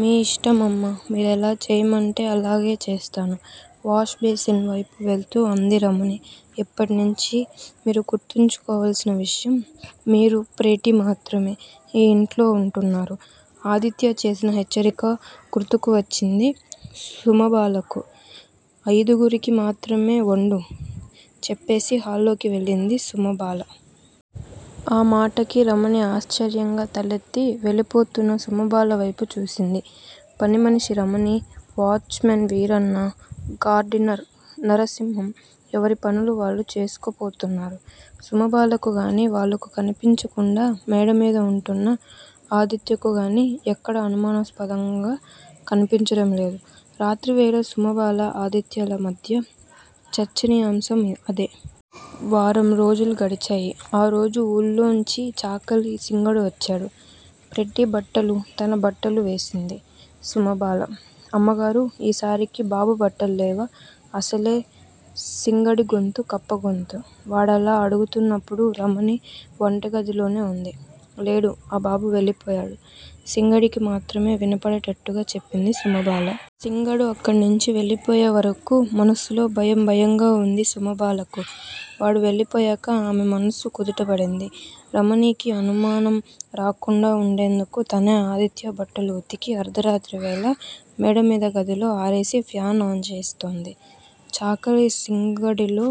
మీ ఇష్టమమ్మా మీరెలా చెయ్యమంటే అలాగే చేస్తాను వాష్ బేసిన్ వేపు వెళ్తూ అంది రమణి. ఇప్పట్నించి మీరు గుర్తుంచుకోవాల్సిన విషయం మీరు, ప్రెటీ మాత్రమే ఈ ఇంట్లో వుంటున్నారు. ఆదిత్య చేసిన హెచ్చరిక గుర్తుకు వచ్చింది సుమబాలకు. అయిదుగురికి మాత్రమే వండు చెప్పేసి హాల్లోకి వెళ్ళింది సుమబాల. ఆ మాటకి రమణి ఆశ్చర్యంగా తలెత్తి వెళ్ళిపోతున్న సుమబాల వేపు చూసింది. పనిమనిషి Ramani, watchman Veeranna, gardener Narasimham ఎవరి పనులు వాళ్ళు చేసుకుపోతున్నారు. సుమబాలకు గానీ వాళ్ళకు కనిపించకుండా మేడమీద వుంటున్న ఆదిత్యకుగానీ ఎక్కడా అనుమానాస్పదంగా కనిపించడంలేదు. రాత్రివేళ సుమబాల, ఆదిత్యల మధ్య చర్చనీయాంశం అదే. వారం రోజులు గడిచాయి. ఆ రోజు ఊళ్ళోంచి చాకలి సింగడు వచ్చాడు. ప్రెటీ బట్టలు, తన బట్టలు వేసింది సుమబాల. అమ్మగారూ! ఈసారికి బాబు బట్టలు లేవా అసలే సింగడిగొంతు కప్ప గొంతు. వాడలా అడుగుతున్నప్పుడు రమణి వంటగదిలోనే వుంది. లేడు ఆ బాబు వెళ్ళిపోయాడు సింగడికి మాత్రమే వినపడేటట్టుగా చెప్పింది సుమబాల. సింగడు అక్కడనుంచి వెళ్ళిపోయేవరకూ మనసులో భయం భయంగా వుంది సుమబాలకు. వాడు వెళ్ళిపోయాక ఆమె మనసు కుదుటపడింది. రమణికి అనుమానం రాకుండా వుండేందుకు తనే ఆదిత్య బట్టలు ఉతికి అర్థరాత్రివేళ మేడమీద గదిలో ఆరవేసి ఫ్యాన్ ఆన్ చేస్తోంది. చాకలి సింగడిలో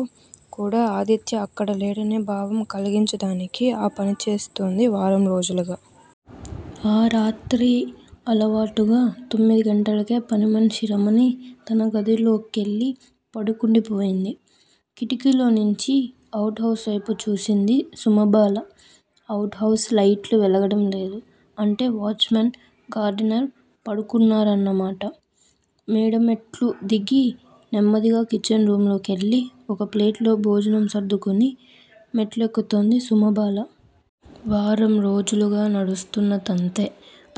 కూడా ఆదిత్య అక్కడ లేడనే భావం కల్గించటానికే ఆ పని చేస్తోంది వారం రోజులుగా. ఆ రోజు రాత్రి. అలవాటుగా తొమ్మిదిగంటలకే పనిమనిషి రమణి తన గదిలోకెళ్ళి పడుకుండిపోయింది. కిటికీలోంచి అవుట్ హౌస్ వేపు చూసింది సుమబాల. అవుట్ హౌస్ లైట్లు వెలగడం లేదు. అంటే వాచ్ మెన్, గార్డినర్ పడుకున్నారన్నమాట. మేడమెట్లు దిగి నెమ్మదిగా కిచెన్ రూమ్ లోకెళ్ళి ఒక ప్లేట్లో భోజనం సర్దుకొని మెట్లెక్కుతోంది సుమబాల. వారం రోజులుగా నడుస్తున్న తంతే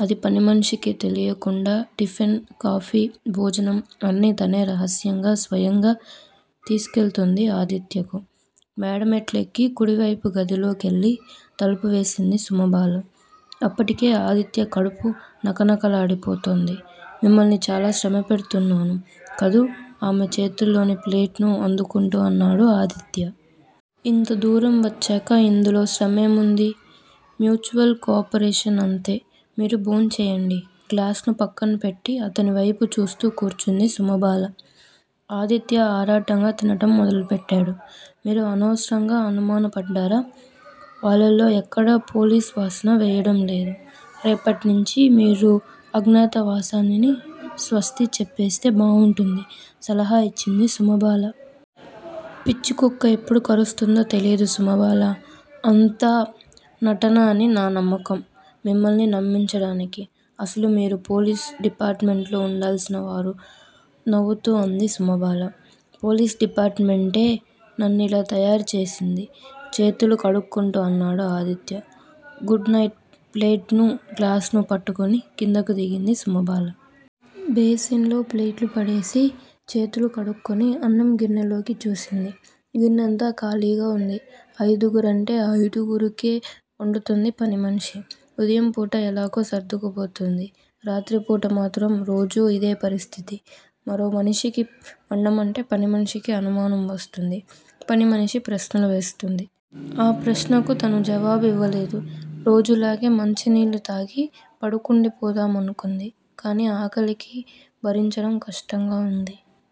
అది పనిమనిషికి తెలీయకుండా టిఫిను, కాఫీ, భోజనం అన్నీ తనే రహస్యంగా, స్వయంగా తీసికెళ్తోంది ఆదిత్యకు. మేడ మెట్లెక్కి కుడివేపు గదిలోకెళ్ళి తలుపేసింది సుమబాల. అప్పటికే ఆదిత్య కడుపు నకనకలాడిపోతోంది. మిమ్మల్ని చాలా శ్రమ పెడుతున్నాను కదూ ఆమె చేతిలోని ప్లేట్ ను అందుకుంటూ అన్నాడు ఆదిత్య. ఇంత దూరం వచ్చాక ఇందులో శ్రమేం వుంది? మ్యూచవల్ కోపరేషన్ అంతే మీరు భోంచెయ్యండి గ్లాసును పక్కన పెట్టి అతని వేపు చూస్తూ కూర్చుంది సుమబాల. ఆదిత్య ఆరాటంగా తినటం మొదలుపెట్టాడు. మీరు అనవసరంగా అనుమానపడ్డారా? వాళ్ళల్లో ఎక్కడా పోలీసువాసన వెయ్యడంలేదు. రేపట్నించీ మీరు అజ్ఞాతవాసానిని స్వస్తి చెప్పేస్తే బాగుంటుంది సలహా యిచ్చింది సుమబాల. పిచ్చికుక్క ఎప్పుడు కరుస్తుందో తెలీదు సుమబాలా! అంతా నటన అని నా నమ్మకం మిమ్మల్ని నమ్మించడానికి. అసలు మీరు పోలీస్ డిపార్ట్ మెంట్లో వుండాల్సిన వారు నవ్వుతూ అంది సుమబాల. పోలీసు డిపార్టుమెంటే నన్నిలా తయారుచేసింది చేతులు కడుక్కుంటూ అన్నాడు ఆదిత్య. గుడ్ నైట్ ప్లేట్ ను, గ్లాసును పట్టుకుని కిందకు దిగింది సుమబాల. బేసిన్ లో ప్లేటును పడేసి చేతులు కడుక్కొని అన్నం గిన్నెలోకి చూసింది. గిన్నంతా ఖాళీగా వుంది. అయిదుగురంటే అయిదుగురికే వండుతోంది పనిమనిషి. ఉదయంపూట ఎలాగో సర్దుకుపోతోంది. రాత్రిపూట మాత్రం రోజూ యిదే పరిస్థితి మరో మనిషికి వండమంటే పనిమనిషికి అనుమానం వస్తుంది. పనిమనిషి ప్రశ్నలు వేస్తుంది. ఆ ప్రశ్నలకు తను జవాబివ్వలేదు. రోజులాగే మంచినీళ్ళు తాగి పడుకుండిపోదామనుకుంది. కానీ ఆకలికి భరించడం కష్టంగా వుంది.